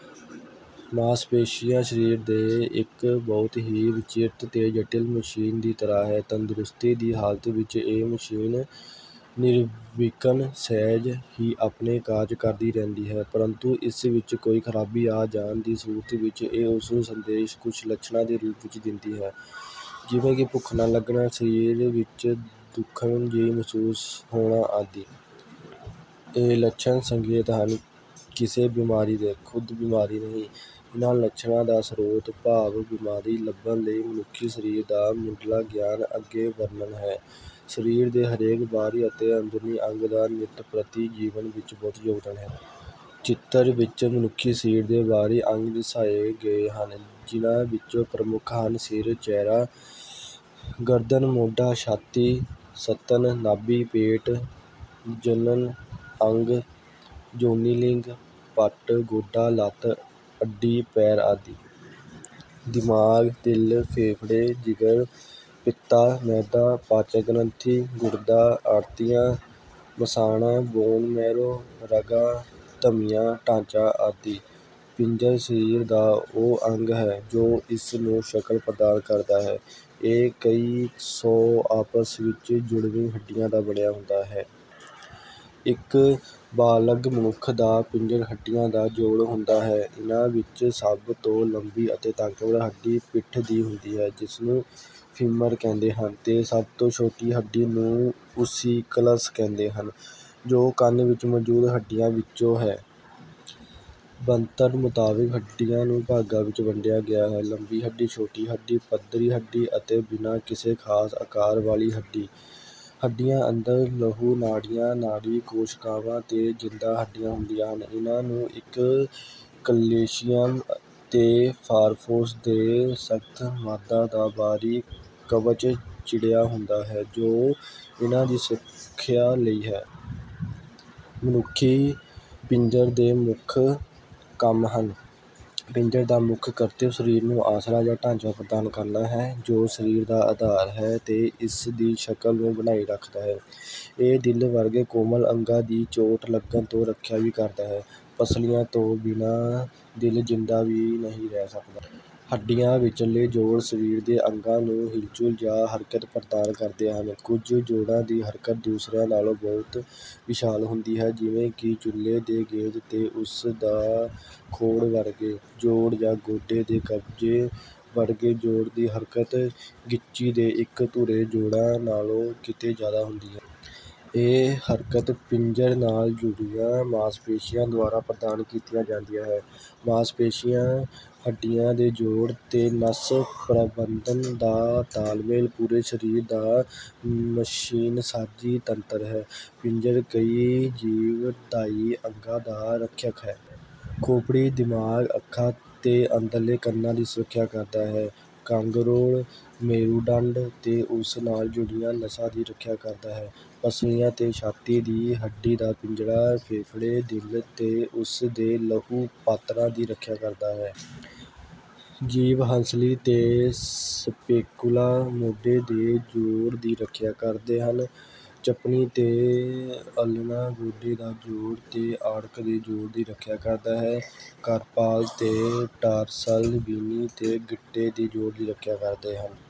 ਮਾਸਪੇਸ਼ੀਆਂ ਸਰੀਰ ਦੇ ਇੱਕ ਬਹੁਤ ਹੀ ਵਿਚਿਤ੍ਰ ਤੇ ਜਟਿਲ ਮਸ਼ੀਨ ਦੀ ਤਰਾਂ ਹੈ। ਤੰਦਰੁਸਤੀ ਦੀ ਹਾਲਤ ਵਿੱਚ ਇਹ ਮਸ਼ੀਨ ਨਿਰਵਿਘਨ ਸਹਿਜ ਹੀ ਆਪਣੇ ਕਾਰਜ ਕਰਦੀ ਰਹਿੰਦੀ ਹੈ ਪ੍ਰੰਤੂ ਇਸ ਵਿੱਚ ਕੋਈ ਖ਼ਰਾਬੀ ਆ ਜਾਣ ਦੀ ਸੂਰਤ ਵਿੱਚ ਇਹ ਉਸ ਨੂੰ ਸੰਦੇਸ਼ ਕੁਝ ਲੱਛਣਾਂ ਦੇ ਰੂਪ ਵਿੱਚ ਦਿੰਦੀ ਹੈ ਜਿਵੇਂ ਕਿ ਭੁੱਖ ਨਾ ਲੱਗਣਾ, ਸਰੀਰ ਵਿੱਚ ਦੁਖਣ ਜਿਹੀ ਮਹਿਸੂਸ ਹੋਣਾ ਆਦਿ। ਇਹ ਲੱਛਣ ਸੰਕੇਤ ਹਨ ਕਿਸੇ ਬਿਮਾਰੀ ਦੇ, ਖ਼ੁਦ ਬਿਮਾਰੀ ਨਹੀਂ। ਇਨ੍ਹਾਂ ਲੱਛਣਾਂ ਦਾ ਸ੍ਰੋਤ ਭਾਵ ਬਿਮਾਰੀ ਲੱਭਣ ਲਈ ਮਨੁੱਖੀ ਸਰੀਰ ਦਾ ਮੁਢਲਾ ਗਿਆਨ ਅੱਗੇ ਵਰਨਣ ਹੈ। ਸਰੀਰ ਦੇ ਹਰੇਕ ਬਾਹਰੀ ਤੇ ਅੰਦਰੂਨੀ ਅੰਗ ਦਾ ਨਿਤ ਪ੍ਰਤੀ ਜੀਵਨ ਵਿੱਚ ਬਹੁਤ ਯੋਗਦਾਨ ਹੈ। ਚਿਤਰ ਵਿੱਚ ਮਨੁੱਖੀ ਸਰੀਰ ਦੇ ਬਾਹਰੀ ਅੰਗ ਦਰਸਾਏ ਗਏ ਹਨ ਜਿਨ੍ਹਾਂ ਵਿਚੌਂ ਪ੍ਰਮੁੱਖ ਹਨ, ਸਿਰ, ਚਿਹਰਾ, ਗਰਦਨ, ਮੋਢਾ, ਛਾਤੀ, ਸਤਨ, ਨਾਭੀ, ਪੇਟ, ਜਨਣ ਅੰਗ:- ਯੋਨੀ ਲਿੰਗ, ਪੱਟ, ਗੋਡਾ, ਲੱਤ, ਅੱਡੀ, ਪੈਰ ਆਦਿ। ਦਿਮਾਗ, ਦਿਲ, ਫੇਫ਼ੜੇ, ਜਿਗਰ, ਪਿੱਤਾ, ਮਿਹਦਾ, ਪਾਚਕ-ਗ੍ਰੰਥੀ, ਗੁਰਦਾ, ਆੰਤੜੀਆਂ, ਮਸਾਨਾ, ਬੋਨ ਮੈਰੋ, ਰਗਾਂ ਧਮਨੀਆਂ ਢਾਂਚਾ ਆਦਿ। ਪਿੰਜਰ ਸਰੀਰ ਦਾ ਉਹ ਅੰਗ ਹੈ ਜੋ ਇਸ ਨੂੰ ਸ਼ਕਲ ਪ੍ਰਦਾਨ ਕਰਦਾ ਹੈ। ਇਹ ਕਈ ਸੌ ਆਪਸ ਵਿੱਚ ਜੁੜਵੀ ਹੱਡੀਆਂ ਦਾ ਬਣਿਆ ਹੁੰਦਾ ਹੈ। ਇਕ ਬਾਲਗ ਮਨੁੱਖ ਦਾ ਪਿੰਜਰ ਹੱਡੀਆ ਦਾ ਜੋੜ ਹੁੰਦਾ ਹੈ। ਇਨ੍ਹਾਂ ਵਿੱਚ ਸਭ ਤੌਂ ਲੰਬੀ ਅਤੇ ਤਾਕਤਵਰ ਹੱਡੀ ਪਿੱਠ ਦੀ ਹੁੰਦੀ ਹੈ ਜਿਸਨੂੰ ਫੀਮਰ ਕਹਿੰਦੇ ਹਨ, ਤੇ ਸਭ ਤੌਂ ਛੋਟੀ ਹੱਡੀ ਨੂੰ ਓਸੀਕਲਸ ਕਹਿੰਦੇ ਹਨ ਜੋ ਕੰਨ ਵਿੱਚ ਮੌਜੂਦ ਹੱਡੀਆਂ ਵਿੱਚੋਂ ਹੈ। ਬਣਤਰ ਮੁਤਾਬਕ ਹੱਡੀਆਂ ਨੂੰ ਭਾਗਾਂ ਵਿੱਚ ਵੰਡਿਆ ਗਿਆ ਹੈ- ਲੰਬੀ ਹੱਡੀ, ਛੋਟੀ ਹੱਡੀ, ਪੱਧਰੀ ਹੱਡੀ ਅਤੇ ਬਿਨਾ ਕਿਸੇ ਖ਼ਾਸ ਆਕਾਰ ਵਾਲੀ ਹੱਡੀ ਹੱਡੀਆਂ ਅੰਦਰ ਲਹੂ ਨਾੜੀਆਂ, ਨਾੜੀ ਕੋਸ਼ਕਾਵਾਂ ਤੇ ਜਿੰਦਾ ਹੱਡੀਆਂ ਹੁੰਦੀਆਂ ਹਨ। ਇਨ੍ਹਾਂ ਨੂੰ ਇੱਕ ਕੈਲਸ਼ੀਅਮ ਤੇ ਫਾਸਫੋਰਸ ਦੇ ਸਖ਼ਤ ਮਾਦੇ ਦਾ ਬਾਹਰੀ ਕਵਚ ਚੜਿਆ ਹੁੰਦਾ ਹੈ ਜੋ ਇਨ੍ਹਾਂ ਦੀ ਸੁਰੱਖਿਆ ਲਈ ਹੈ। ਮਨੁੱਖੀ ਪਿੰਜਰ ਦੇ ਮੁੱਖ ਕੰਮ ਹਨ। ਪਿੰਜਰ ਦਾ ਮੁੱਖ ਕਰਤਵ ਸਰੀਰ ਨੂੰ ਆਸਰਾ ਜਾਂ ਢਾਂਚਾ ਪ੍ਰਦਾਨ ਕਰਨਾ ਹੈ ਜੋ ਸਰੀਰ ਦਾ ਅਧਾਰ ਹੈ ਤੇ ਇਸ ਦੀ ਸ਼ਕਲ ਨੂੰ ਬਣਾਈ ਰੱਖਦਾ ਹੈ। ਇਹ ਦਿਲ ਵਰਗੇ ਕੋਮਲ ਅੰਗਾਂ ਦੀ ਚੋਟ ਲਗਣ ਤੋਂ ਰੱਖਿਆ ਵੀ ਕਰਦਾ ਹੈ, ਪਸਲੀਆ ਤੋਂ ਬਿਨਾਂ ਦਿਲ ਜ਼ਿੰਦਾ ਵੀ ਨਹੀਂ ਰਹਿ ਸਕਦਾ। ਹੱਡੀਆਂ ਵਿਚਲੇ ਜੋੜ ,ਸਰੀਰ ਦੇ ਅੰਗਾਂ ਨੂੰ ਹਿਲਜੁਲ ਜਾਂ ਹਰਕਤ ਪ੍ਰਦਾਨ ਕਰਦੇ ਹਨ। ਕੁਝ ਜੋੜਾਂ ਦੀ ਹਰਕਤ ਦੁਸਰਿਆਂ ਨਾਲੋਂ ਬਹੁਤ ਵਿਸ਼ਾਲ ਹੁੰਦੀ ਹੈ ਜਿਵੇਂ ਕਿ ਚੂਲੇ ਦੇ ਗੇਂਦ ਤੇ ਉਸ ਦਾ ਖੋੜ ਵਰਗੇ ਜੋੜ ਜਾਂ ਗੋਡੇ ਦੇ ਕਬਜੇ ਵਰਗੇ ਜੋੜ ਦੀ ਹਰਕਤ ਗਿੱਚੀ ਦੇ ਇੱਕ ਧੁਰੇ ਜੋੜਾਂ ਨਾਲੋਂ ਕਿਤੇ ਜਿਆਦਾ ਹੁੰਦੀ ਹੈ। ਇਹ ਹਰਕਤ ਪਿੰਜਰ ਨਾਲ ਜੁੜੀਆਂ ਮਾਸ ਪੇਸ਼ੀਆਂ ਦੁਆਰਾ ਪ੍ਰਦਾਨ ਕੀਤੀਆਂ ਜਾਦੀਆਂ ਹੈ। ਮਾਸ ਪੇਸ਼ੀਆਂ, ਹੱਢੀਆਂ ਦੇ ਜੋੜ ਤੇ ਨਸ ਪ੍ਰਬੰਧਣ ਦਾ ਤਾਲ-ਮੇਲ ਪੂਰੇ ਸਰੀਰ ਦਾ ਮਸ਼ੀਨਸਾਜੀ ਤੰਤਰ ਹੈ। ਪਿੰਜਰ ਕਈ ਜੀਵਨ-ਦਾਈ ਅੰਗਾਂ ਦਾ ਰੱਖਿਅਕ ਹੈ। ਖੋਪੜੀ ਦਿਮਾਗ, ਅੱਖਾਂ ਤੇ ਅੰਦਰਲੇ ਕੰਨਾਂ ਦੀ ਸੁਰੱਖਿਆ ਕਰਦਾ ਹੈ। ਕੰਗਰੋੜ, ਮੇਰੂਦੰਡ ਤੇ ਉਸ ਨਾਲ ਜੁੜੀਆਂ ਨਸਾਂ ਦੀ ਰੱਖਿਆ ਕਰਦੀ ਹੈ। ਪਸਲੀਆਂ ਤੇ ਛਾਤੀ ਦੀ ਹੱਡੀ ਦਾ ਪਿੰਜਰਾ ਫੇਫ਼ੜੇ, ਦਿਲ ਤੇ ਉਸ ਦੇ ਲਹੂ ਪਾਤਰਾਂ ਦੀ ਰੱਖਿਆ ਕਰਦਾ ਹੈ। ਜੀਵ ਹੰਸਲੀ ਤੇ ਸਪੈਕੁਲਾ ਮੋਢੇ ਦੇ ਜੋੜ ਦੀ ਰੱਖਿਆ ਕਰਦੇ ਹਨ। ਚਪਣੀ ਤੇ ਅਲਨਾ ਗੋਡੇ ਦਾ ਜੋੜ ਤੇ ਅਰਕ ਦੇ ਜੋੜ ਦੀ ਰੱਖਿਆ ਕਰਦਾ ਹੈ। ਕਾਰਪਲ ਤੇ ਟਾਰਸਲ ਵੀਣੀ ਤੇ ਗਿੱਟੇ ਦੇ ਜੋੜ ਦੀ ਰੱਖਿਆ ਕਰਦੇ ਹਨ।